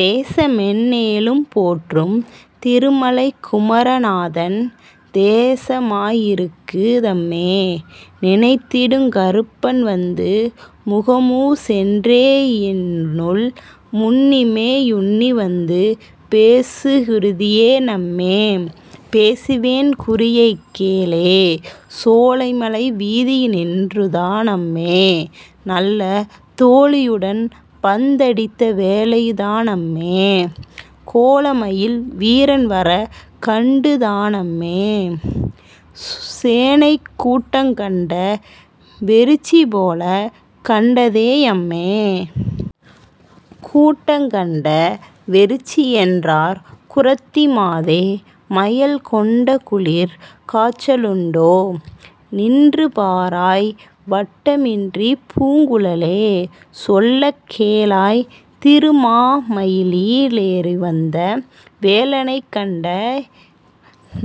தேசமெண் ணேழும் போற்றும் திருமலைக் குமர நாதன் தேசமா யிருக்கு தம்மே நினைத்திடுங் கறுப்பன் வந்து முகமு சென்றே யென்னுள் முன்னியே யுன்னி வந்து பேசுது குறிதா னம்மே பேசுவேன் குறியைக் கேளே..... சோலைமலை வீதியினீ நின்றுதா னம்மே நல்ல। தோழியுடன் பந்தடித்த வேளைதா னம்மே கோலமயில் வீரன்வரக் கண்டுதா னம்மே சேனைக் கூட்டங்கண்ட வெருட்சிபோலக் கண்டதே யம்மே. கூட்டங்கண்ட வெருட்சியென்றார் குறத்தி மாதே மயல் கொண்டகுளிர் காச்சலுண்டோ நின்று பாராய் வட்டமின்றிப் பூங்குழலே சொல்லக் கேளாய் திரு மாமயிலி லேறிவந்த வேலனைக் கண்ட.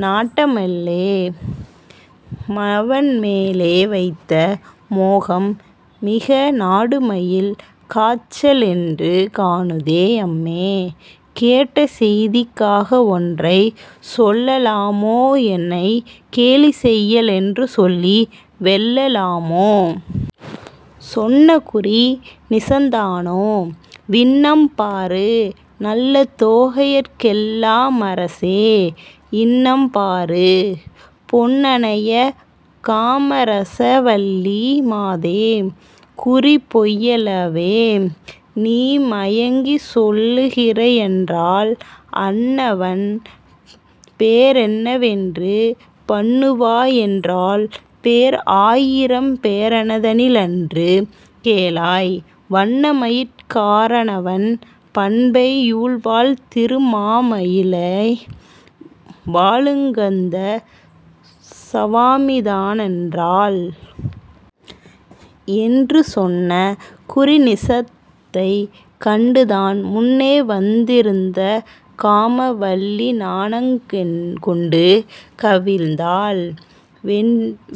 நாட்டமெல்லே மவன்மேலே வைத்த மோகம் மிக நாடுமயில் காச்சலென்று காணுதே யம்மே கேட்டசெய்திக் காகவொன்றைச் சொல்லலாமோ என்னைக் கேலிசெய்ய லென்றுசொல்லி வெல்ல லாமோ. சொன்னகுறி நிசந்தானோ வின்னம் பாரு நல்ல தோகையர்க்கெல் லாமரசே யின்னம் பாரு பொன்னனைய காமரச வல்லி மாதே குறி பொய்யலவே நீமயங்கிச் சொல்கிறா யென்றாள். அன்னவன் பேரென்னவென்று பன்னுவா யென்றாள் பேர் ஆயிரம் பேரனதனி லன்று கேளாய் வண்ணமயிற் காரனவன் பண்பை யூர்வாழ் திரு மாமலையில் வாழுங்கந்த சவாமிதா னென்றாள். என்று சொன்ன குறிநிசத்தைக் கண்டுதான் முன்னே வந் திருந்தகாம வல்லிநாணங் கொண்டு கவிழ்ந்தாள்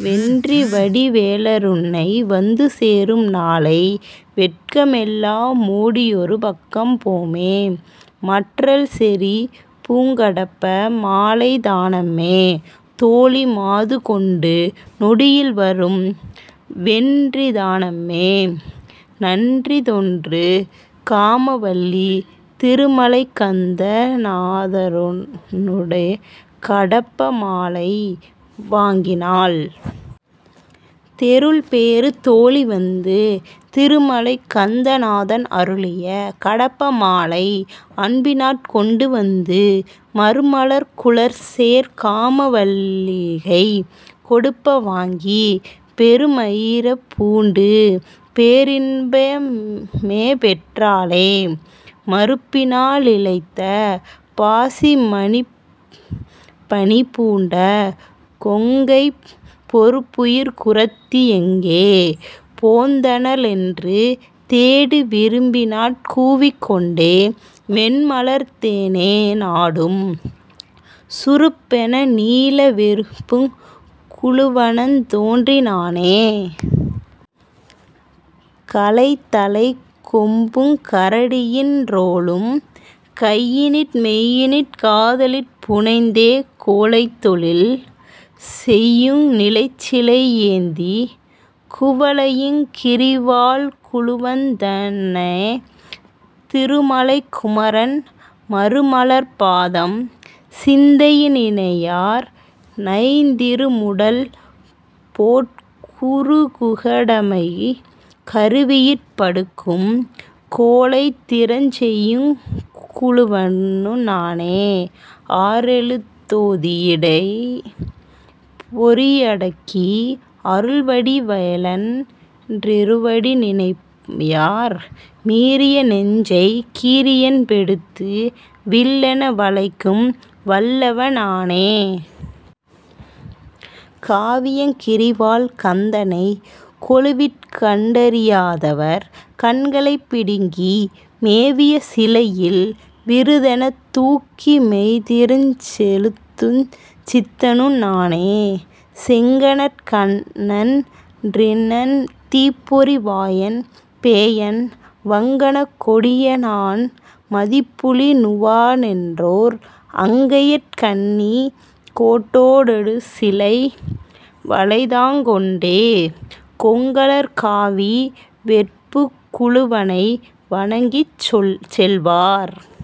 வென்றிவடி வேலருன்னை வந்து சேரும் நாளை வெட்கமெல்லா மோடியொரு பக்கம் போமே. மற்றல்செறி பூங்கடப்ப மாலைதா னம்மே தோழி மாதுகொண்டு நொடியில்வரும் வென்றிதா னம்மே நன்றிதொன்று காமவல்லி திருமலைக் கந்த நாதனரு ளியகடப்ப மாலை வாங்கினாள்..... தெருள்பெறு தோழி வந்து திருமலைக் கந்த நாதன் அருளிய கடப்ப மாலை அன்பினாற் கொண்டு வந்து மருமலர்க் குழல்சேர் காம வல்லிகைக் கொடுப்ப வாங்கி பெருமய்றப் பூண்டு பேரின்ப மேபெற் றாளே..... மருப்பினா லிழைத்த பாசி மணிப்பணி பூண்ட கொங்கைப் பொருப்புயிர் குறத்தி யெங்கே போந்தன ளென்று தேடி விருப்பினாற் கூவிக் கொண்டே மென்மலர்த் தேனை நாடும் சுருப்பென நீல வெற்புக் குளுவனுந் தோன்றி னானே..... கலைத்தலைக் கொம்புங் கரடியின் றோலும் கையினின் மெய்யினிற் காதலிற் புனைந்தே கோலைத்தொழில் செய்யு நிலைச்சிலை யேந்திக் குவளையங் கிரிவாழ் குளுவன்வந் தனனே. திருமலைக் குமரன் மருமலர்ப் பாதம் சிந்தையி னினையார் நைந்திடு முடல்போற் குருகுக டம்மைக் கருவியிற் படுக்கும் கோலைத்திறஞ் செய்யுங் குளுவனு நானே. ஆறெழுத் தோதி யைம்பொறி யடக்கி அருள்வடி வேலன் றிருவடி நினையார் மீறிய நெஞ்சைக் கீறியென் பெடுத்து வில்லென வளைக்கும் வல்லவ னானே. காவியங் கிரிவாழ் கந்தனைக் கொலுவிற் கண்டறி யாதவர் கண்களைப் பிடுங்கி மேவிய சிலையில் விருதெனத் தூக்கி மெய்த்திறஞ் செலுத்துஞ் சித்தனு நானே...... செங்கணற் கண்ணன் றிண்ணன் தீப்பொறி வாயன் பேயன் வங்கணக் கொடிய னான் மதிப்புலி நூவ னென்றோர் அங்கையிற் கண்ணி கோட்டோ டடுசிலை வலைதாங் கொண்டே கொங்கலர் காவி வெற்புக் குளுவனை வணங்கிச் செல்வார்.....